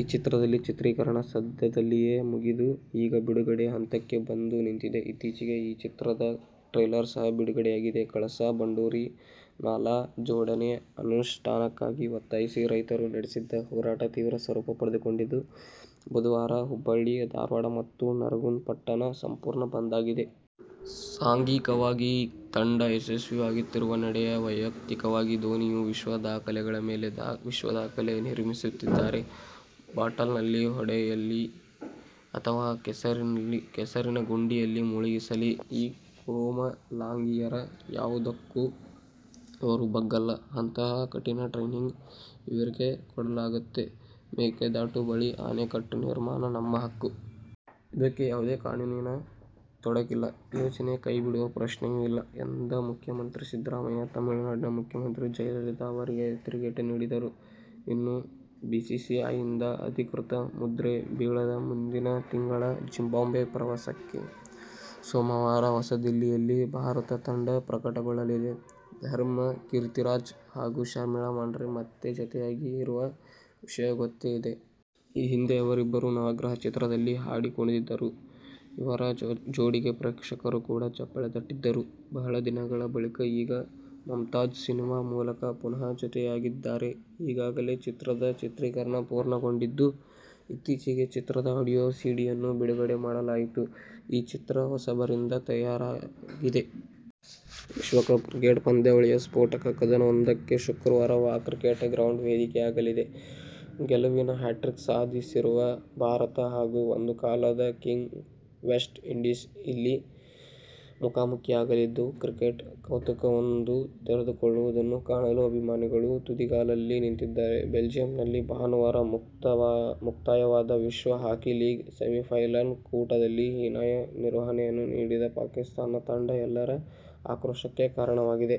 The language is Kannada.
ಈ ಚಿತ್ರದ ಚಿತ್ರೀಕರಣ ಸದ್ದಿಲ್ಲದೆಯೇ ಮುಗಿದು, ಈಗ ಬಿಡುಗಡೆಯ ಹಂತಕ್ಕೆ ಬಂದು ನಿಂತಿದೆ. ಇತ್ತೀಚೆಗೆ ಈ ಚಿತ್ರದ ಟ್ರೇಲರ್ ಸಹ ಬಿಡುಗಡೆಯಾಗಿದೆ. ಕಳಸಾ ಬಂಡೂರಿ ನಾಲಾ ಜೋಡಣೆ ಅನುಷ್ಠಾನಕ್ಕಾಗಿ ಒತ್ತಾಯಿಸಿ ರೈತರು ನಡೆಸುತ್ತಿದ್ದ ಹೋರಾಟ ತೀವ್ರ ಸ್ವರೂಪ ಪಡೆದುಕೊಂಡಿದ್ದು, ಬುಧವಾರ ಹುಬ್ಬಳ್ಳಿ, ಧಾರವಾಡ ಮತ್ತು ನರಗುಂದ ಪಟ್ಟಣ ಸಂಪೂರ್ಣ ಬಂದ್ ಆಗಿದೆ. ಸಾಂಘಿಕವಾಗಿ ತಂಡ ಯಶಸ್ವಿಯಾಗುತ್ತಿರುವ ನಡುವೆಯೇ ವೈಯಕ್ತಿಕವಾಗಿ ಧೋನಿಯೂ ವಿಶ್ವದಾಖಲೆಗಳ ಮೇಲೆ ವಿಶ್ವದಾಖಲೆ ನಿರ್ಮಿಸುತ್ತಿದ್ದಾರೆ. ಬಾಟಲ್ ನಲ್ಲಿ ಹೊಡೆಯಲಿ ಅಥವಾ ಕೆಸರಿನ ಗುಂಡಿಯಲ್ಲಿ ಮುಳುಗಿಸಲಿ.. ಈ ಕೋಮಲಾಂಗಿಯರು ಯಾವುದಕ್ಕೂ ಇವರು ಬಗ್ಗಲ್ಲ. ಅಂತಹ ಕಠಿಣ ಟ್ರೈನಿಂಗ್ ಇವರಿಗೆ ಕೊಡಲಾಗತ್ತೆ. "ಮೇಕೆದಾಟು ಬಳಿ ಅಣೆಕಟ್ಟು ನಿರ್ಮಾಣ ನಮ್ಮ ಹಕ್ಕು. ಇದಕ್ಕೆ ಯಾವುದೇ ಕಾನೂನಿನ ತೊಡಕಿಲ್ಲ. ಯೋಜನೆ ಕೈಬಿಡುವ ಪ್ರಶ್ನೆಯೂ ಇಲ್ಲ' ಎಂದು ಮುಖ್ಯಮಂತ್ರಿ ಸಿದ್ದರಾಮಯ್ಯ ತಮಿಳುನಾಡು ಮುಖ್ಯಮಂತ್ರಿ ಜಯಲಲಿತಾ ಅವರಿಗೆ ತಿರುಗೇಟು ನೀಡಿದರು. ಇನ್ನೂ ಬಿಸಿಸಿಐಯಿಂದ ಅಧಿಕೃತ ಮುದ್ರೆ ಬೀಳದ ಮುಂದಿನ ತಿಂಗಳ ಜಿಂಬಾಬ್ವೆ ಪ್ರವಾಸಕ್ಕೆ ಸೋಮವಾರ ಹೊಸದಿಲ್ಲಿಯಲ್ಲಿ ಭಾರತ ತಂಡ ಪ್ರಕಟಗೊಳ್ಳಲಿದೆ. ಧರ್ಮ ಕೀರ್ತಿರಾಜ್ ಹಾಗು ಶರ್ಮಿಳಾ ಮಾಂಡ್ರೆ ಮತ್ತೆ ಜತೆಯಾಗಿರೋ ವಿಷಯ ಗೊತ್ತೇ ಇದೆ. ಈ ಹಿಂದೆ ಅವರಿಬ್ಬರೂ "ನವಗ್ರಹ' ಚಿತ್ರದಲ್ಲಿ ಹಾಡಿ ಕುಣಿದಿದ್ದರು. ಇವರ ಜೋಡಿಗೆ ಪ್ರೇಕ್ಷಕರು ಕೂಡ ಚಪ್ಪಾಳೆ ತಟ್ಟಿದ್ದರು. ಬಹಳ ದಿನಗಳ ಬಳಿಕ ಈಗ "ಮುಮ್ತಾಜ್' ಸಿನಿಮಾ ಮೂಲಕ ಪುನಃ ಜತೆಯಾಗಿದ್ದಾರೆ. ಈಗಾಗಲೇ ಚಿತ್ರದ ಚಿತ್ರೀಕರಣ ಪೂರ್ಣಗೊಂಡಿದ್ದು, ಇತ್ತೀಚೆಗೆ ಚಿತ್ರದ ಆಡಿಯೋ ಸಿಡಿಯನ್ನು ಬಿಡುಗಡೆ ಮಾಡಲಾಯಿತು. ಈ ಚಿತ್ರ ಹೊಸಬರಿಂದ ತಯಾರಾಗಿದೆ. ವಿಶ್ವಕಪ್ ಕ್ರಿಕೆಟ್ ಪಂದ್ಯಾವಳಿಯ ಸ್ಫೋಟಕ ಕದನವೊಂದಕ್ಕೆ ಶುಕ್ರವಾರ "ವಾಕಾ ಕ್ರಿಕೆಟ್ ಗ್ರೌಂಡ್' ವೇದಿಕೆಯಾಗಲಿದೆ. ಗೆಲುವಿನ ಹ್ಯಾಟ್ರಿಕ್ ಸಾಧಿಸಿರುವ ಭಾರತ ಹಾಗೂ ಒಂದು ಕಾಲದ ಕಿಂಗ್ ವೆಸ್ಟ್ ಇಂಡೀಸ್ ಇಲ್ಲಿ ಮುಖಾಮುಖೀಯಾಗಲಿದ್ದು, ಕ್ರಿಕೆಟ್ ಕೌತುಕವೊಂದು ತೆರೆದುಕೊಳ್ಳುವುದನ್ನು ಕಾಣಲು ಅಭಿಮಾನಿಗಳು ತುದಿಗಾಲಲ್ಲಿ ನಿಂತಿದ್ದಾರೆ. ಬೆಲ್ಜಿಯಂನಲ್ಲಿ ಭಾನುವಾರ ಮುಕ್ತಾಯವಾದ ವಿಶ್ವ ಹಾಕಿ ಲೀಗ್ ಸೆಮಿಫೈನಲ್ ಕೂಟದಲ್ಲಿ ಹೀನಾಯ ನಿರ್ವಹಣೆ ನೀಡಿದ ಪಾಕಿಸ್ತಾನ ತಂಡ ಎಲ್ಲರ ಆಕ್ರೋಶಕ್ಕೆ ಕಾರಣವಾಗಿದೆ.